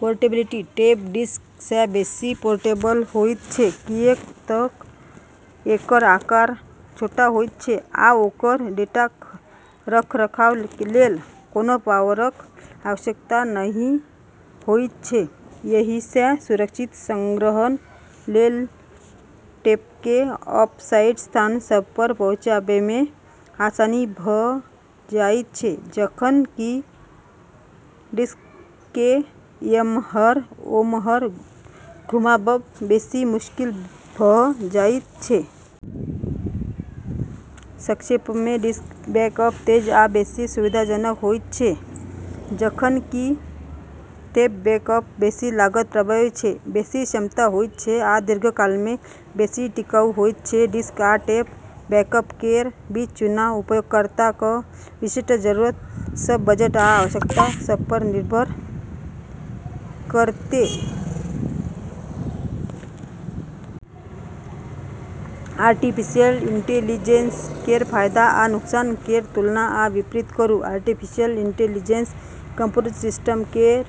Portability: tape disk सँ बेसी portable होइत छै, किऐक तऽ एकर आकार छोट होइत छै आ ओकर डेटाक रखरखाव लेल कोनो पावरक आवश्यकता नहि होइत छै। एहिसँ सुरक्षित संग्रहण लेल टेपकेँ ऑफसाइट स्थान सभपर पहुँचाबैमे आसानी भऽ जाइत छै, जखन कि डिस्ककेँ एम्हर-ओम्हर घुमाबब बेसी मुश्किल भऽ जाइत छै। संक्षेपमे, डिस्क बैकअप तेज आ बेसी सुविधाजनक होइत छै, जखन कि टेप बैकअप बेसी लागत प्रभावी छै, बेसी क्षमता होइत छै आ दीर्घकालमे बेसी टिकाऊ होइत छै। डिस्क आ टेप बैकअप केर बीच चुनाव उपयोगकर्ताक विशिष्ट जरूरत सभ, बजट आ आवश्यकता सभपर निर्भर करतै। आर्टिफिशियल इंटेलिजेंस केर फायदा आ नुकसान केर तुलना आ विपरीत करू। आर्टिफिशियल इंटेलिजेंस कंप्यूटर सिस्टम केर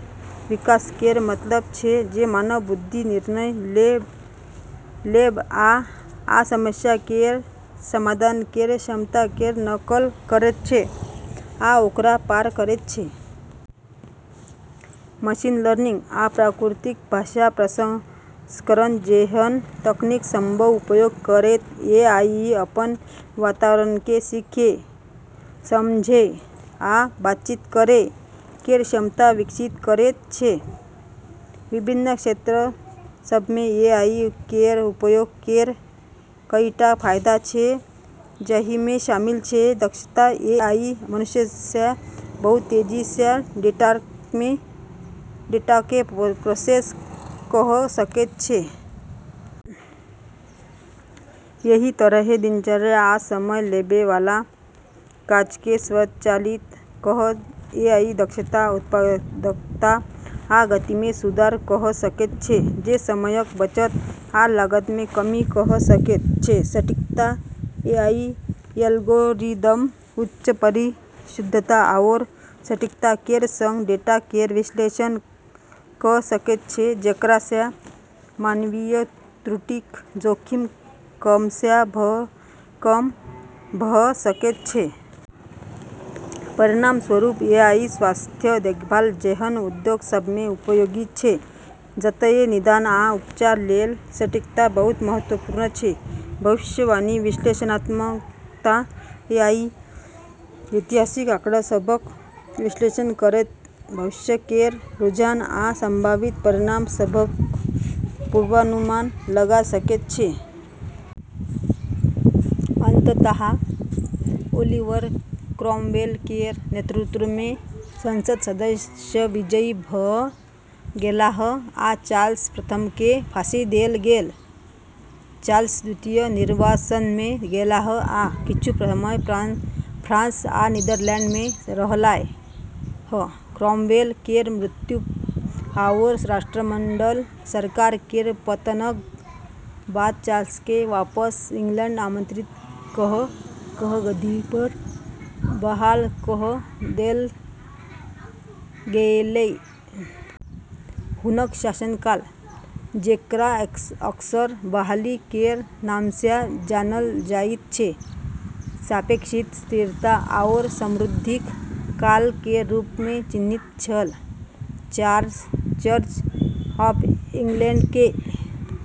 विकास केर मतलब छै जे मानव बुद्धि, निर्णय लेबआ आ समस्या केर समाधान केर क्षमता केर नकल करैत छै वा ओकरा पार करैत छै। मशीन लर्निंग आ प्राकृतिक भाषा प्रसंस्करण जेहन तकनीक सभक उपयोग करैत एआई अपन वातावरणकेँ सीखै, समझै आ बातचीत करै केर क्षमता विकसित करैत छै। विभिन्न क्षेत्र सभमे एआई केर उपयोग केर कईटा फायदा छै जाहिमे शामिल छै: दक्षता: एआई मनुष्य सँ बहुत तेजीसँ डेटाकेँ प्रोसेस कऽ सकैत छै। एहि तरहें, दिनचर्या आ समय लेबैवाला काजकेँ स्वचालित कऽ एआई दक्षता, उत्पादकता आ गतिमे सुधार कऽ सकैत छै, जे समयक बचत आ लागतमे कमी कऽ सकैत छै। सटीकता: एआई एल्गोरिदम उच्च परिशुद्धता आओर सटीकता केर संग डेटा केर विश्लेषण कऽ सकैत छै, जेकरासँ मानवीय त्रुटिक जोखिम कमसँ कम भऽ सकैत छै। परिणामस्वरूप, एआई स्वास्थ्य देखभाल जेहन उद्योग सभमे उपयोगी छै, जतए निदान आ उपचार लेल सटीकता बहुत महत्वपूर्ण छै। भविष्यवाणी विश्लेषणात्मकता: एआई ऐतिहासिक आँकड़ा सभक विश्लेषण करैत भविष्य केर रुझान आ संभावित परिणाम सभक पूर्वानुमान लगा सकैत छै। अंततः ओलिवर क्रॉमवेल केर नेतृत्वमे संसद सदस्य विजयी भऽ गेलाह आ चार्ल्स प्रथमकेँ फांसी देल गेल। चार्ल्स द्वितीय निर्वासनमे गेलाह आ किछु समय फ्रांस आ नीदरलैंडमे रहलाह। क्रॉमवेल केर मृत्यु आओर राष्ट्रमंडल सरकार केर पतनक बाद चार्ल्सकेँ वापस इंग्लैंड आमंत्रित कऽ कऽ गद्दीपर बहाल कऽ देल गेलै। हुनक शासनकाल, जेकरा अक्सर बहाली केर नामसँ जानल जाइत छै, सापेक्षिक स्थिरता आओर समृद्धिक काल केर रूपमे चिन्हित छल। Charles Church of इंग्लैंडकेँ।